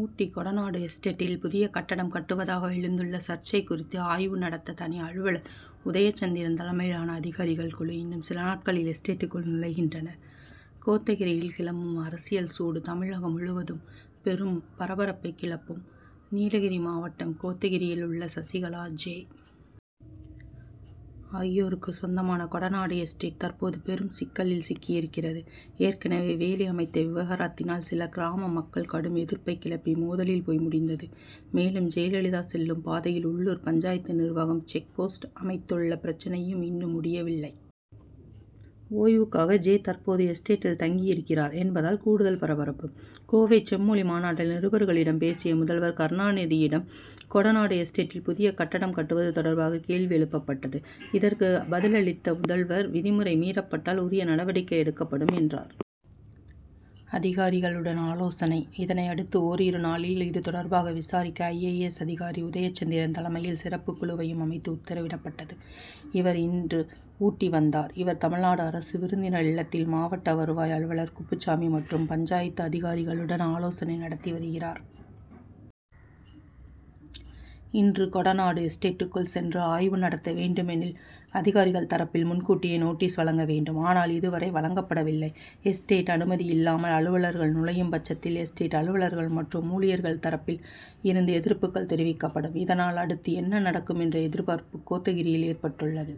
ஊட்டி கொடநாடு எஸ்டேட்டில் புதிய கட்டடம் கட்டுவதாக எழுந்துள்ள சர்ச்சை குறித்து ஆய்வு நடத்த தனி அலுவலர் உதயசந்திரன் தலைமையிலான அதிகாரிகள் குழு இன்னும் சில நாட்களில் எஸ்டேட்டுக்குள் நுழைகின்றனர். கோத்தகரியில் கிளம்பும் அரசியல் சூடு தமிழகம் முழுவதும் பெரும் பரபரப்பை கிளப்பும். நீலகிரி மாவட்டம் கோத்தகரியில் உள்ள சசிகலா, ஜெ., ஆகியோருக்கு சொந்தமான கொடநாடு எஸ்டேட் தற்போது பெரும் சிக்கலில் சிக்கியிருக்கிறது. ஏற்கனவே வேலி அமைத்த விவகாரத்தினால் சில கிராம மக்கள் கடும் எதிர்ப்பை கிளப்பி மோதலில் போய் முடிந்தது. மேலும் ஜெயலலிதா செல்லும் பாதையில் உள்ளூர் பஞ்சாயத்து நிர்வாகம் செக்போஸ்ட் அமைத்துள்ள பிரச்னையும் இன்னும் முடியவில்லை. ஓய்வுக்காக ஜெ., தற்போது எஸ்டேட்டில் தங்கி இருக்கிறார் என்பதால் கூடுதல் பரபரப்பு. கோவை செம்மொழி மாநாட்டில் நிருபர்களிடம் பேசிய முதல்வர் கருணாநிதியிடம் கொடநாடு எஸ்டேட்டில் புதிய கட்டடம் கட்டுவது தொடர்பாக கேள்வி எழுப்பப்பட்டது. இதற்கு பதில் அளித்த முதல்வர் விதிமுறை மீறப்பட்டால் உரிய நடவடிக்கை எடுக்கப்படும் என்றார். அதிகாரிகளுடன் ஆலோசனை இதனையடுத்து ஒரிரு நாளில் இது தொடர்பாக விசாரிக்க ஐ. ஏ. எஸ்., அதிகாரி உதயச்சந்திரன் தலைமையில் சிறப்பு குழுவையும் அமைத்து உத்தரவிடப்பட்டது. இவர் இன்று ஊட்டி வந்தார். இவர் தமிழ்நாடு அரசு விருந்தினர் இல்லத்தில் மாவட்ட வருவாய் அலுவலர் குப்புச்சாமி, மற்றும் பஞ்சாயத்து அதிகாரிகளுடன் ஆலோசனை நடத்தி வருகிறார். இன்று கொட நாடு எஸ்டேட்டுக்குள் சென்று ஆய்வு நடத்த வேண்டுமெனில் அதிகாரிகள் தரப்பில் முன்கூட்டியே நோட்டீஸ் வழங்க வேண்டும். ஆனால் இதுவரை வழங்கப்படவில்லை. எஸ்டேட் அனுமதி இல்லாமல் அலுவலர்கள் நுழையும் பட்சத்தில், எஸ்டேட் அலுவலர்கள் மற்றும் ஊழியர்கள் தரப்பில் இருந்து எதிர்ப்பு தெரிவிக்கப்படும். இதனால் அடுத்து என்ன நடக்கும் என்ற எதிர்பார்ப்பு கோத்தகிரியில் ஏற்பட்டுள்ளது.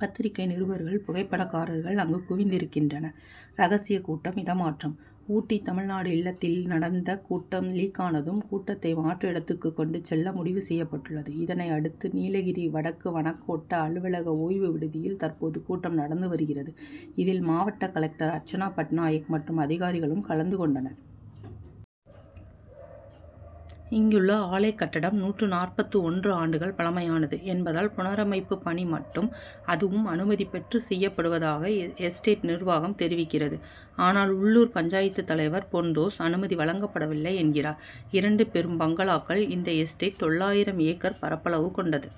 பத்திரிகை நிருபர்கள், புகைப்படக்காரர்கள் அங்கு குவிந்திருக்கின்றனர். ரகசிய கூட்டம் இடமாற்றம் ஊட்டி தமிழ்நாடு இல்லத்தில் நடந்த கூட்டம் லீக்கானதும், கூட்டத்தை மாற்று இடத்துக்கு கொண்டு செல்ல முடிவு செய்யப்பட்டுள்ளது. இதனையடுத்து நீலகிரி வடக்கு வனக்கோட்ட அலுவலக ஓய்வு விடுதியில் தற்போது கூட்டம் நடந்து வருகிறது. இதில் மாவட்ட கலெக்டர் அர்ச்சனா பட்நாயக் மற்றும் அதிகாரிகளும் கலந்து கொண்டனர். இங்குள்ள ஆலை கட்டடம் நூற்று நாற்பத்து ஒன்று ஆண்டுகள் பழமையானது என்பதால் புனரமைப்பு பணி மட்டும் அதுவும் அனுமதி பெற்று செய்யப்படுவதாக எஸ்டேட் நிர்வாகம் தெரிவிக்கிறது. ஆனால் உள்ளூர் பஞ்சாயத்து தலைவர் பொன்தோஸ் அனுமதி வழங்கப்படவில்லை என்கிறார். இரண்டு பெரும் பங்களாக்கள் இந்த எஸ்டேட் தொள்ளாயிரம் ஏக்கர் பரப்பளவு கொண்டது.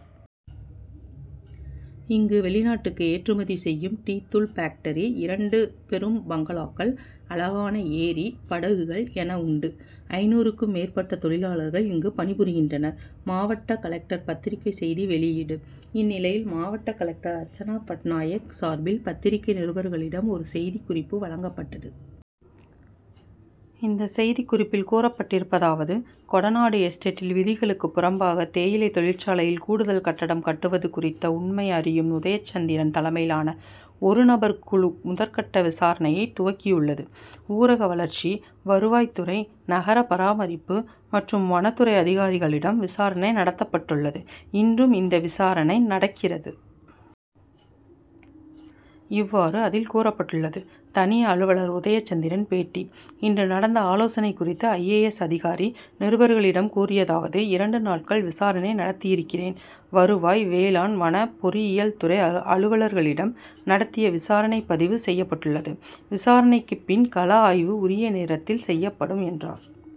இங்கு வெளிநாட்டுக்கு ஏற்றுமதி செய்யும் டீ தூள் பேக்டரி, இரண்டு பெரும் பங்களாக்கள், அழகான ஏரி, படகுகள் என உண்டு. ஐந்நூறு க்கும் மேற்பட்ட தொழிலாளர்கள் இங்கு பணிபுரிகின்றனர். மாவட்ட கலெக்டர் பத்திரிகை செய்தி வெளியீடு இந்நிலையில் மாவட்ட கலெக்டர் அர்ச்சனா பட்நாயக் சார்பில் பத்திரிகை நிருபர்களிடம் ஒரு செய்தி குறிப்பு வழங்கப்பட்டது. இந்த செய்திக்குறிப்பில் கூறப்பட்டிருப்பதாவது கொடநாடு எஸ்டேட்டில் விதிகளுக்கு புறம்பாக தேயிலை தொழிற்சாலையில் கூடுதல் கட்டடம் கட்டுவது குறித்த உண்மை அறியும் உதயச்சந்திரன் தலைமையிலான ஒரு நபர் குழு முதற்கட்ட விசாரணையை துவக்கியுள்ளது. ஊரகவளர்ச்சி, வருவாய்துறை, நகரபராமரிப்பு, மற்றும் வனத்துறை அதிகாரிகளிடம் விசாரணை நடத்தப்பட்டுள்ளது. இன்றும் இந்த விசாரணை நடக்கிறது. இவ்வாறு அதில் கூறப்பட்டுள்ளது. தனி அலுவலர் உதயச்சந்திரன் பேட்டி இன்று நடந்த ஆலோசனை குறித்து ஐ. ஏ. எஸ், அதிகாரி நிருபர்களிடம் கூறியதாவது இரண்டு நாள் விசாரணை நடத்தியிருக்கிறேன். வருவாய், வேளாண், வன, பொறியியல் துறை அலுவலர்களிடம் நடத்திய விசாரணை பதிவு செய்யப்பட்டுள்ளது. விசாரணைக்கு பின் கள ஆய்வு, உரிய நேரத்தில் செய்யப்படும் என்றார்.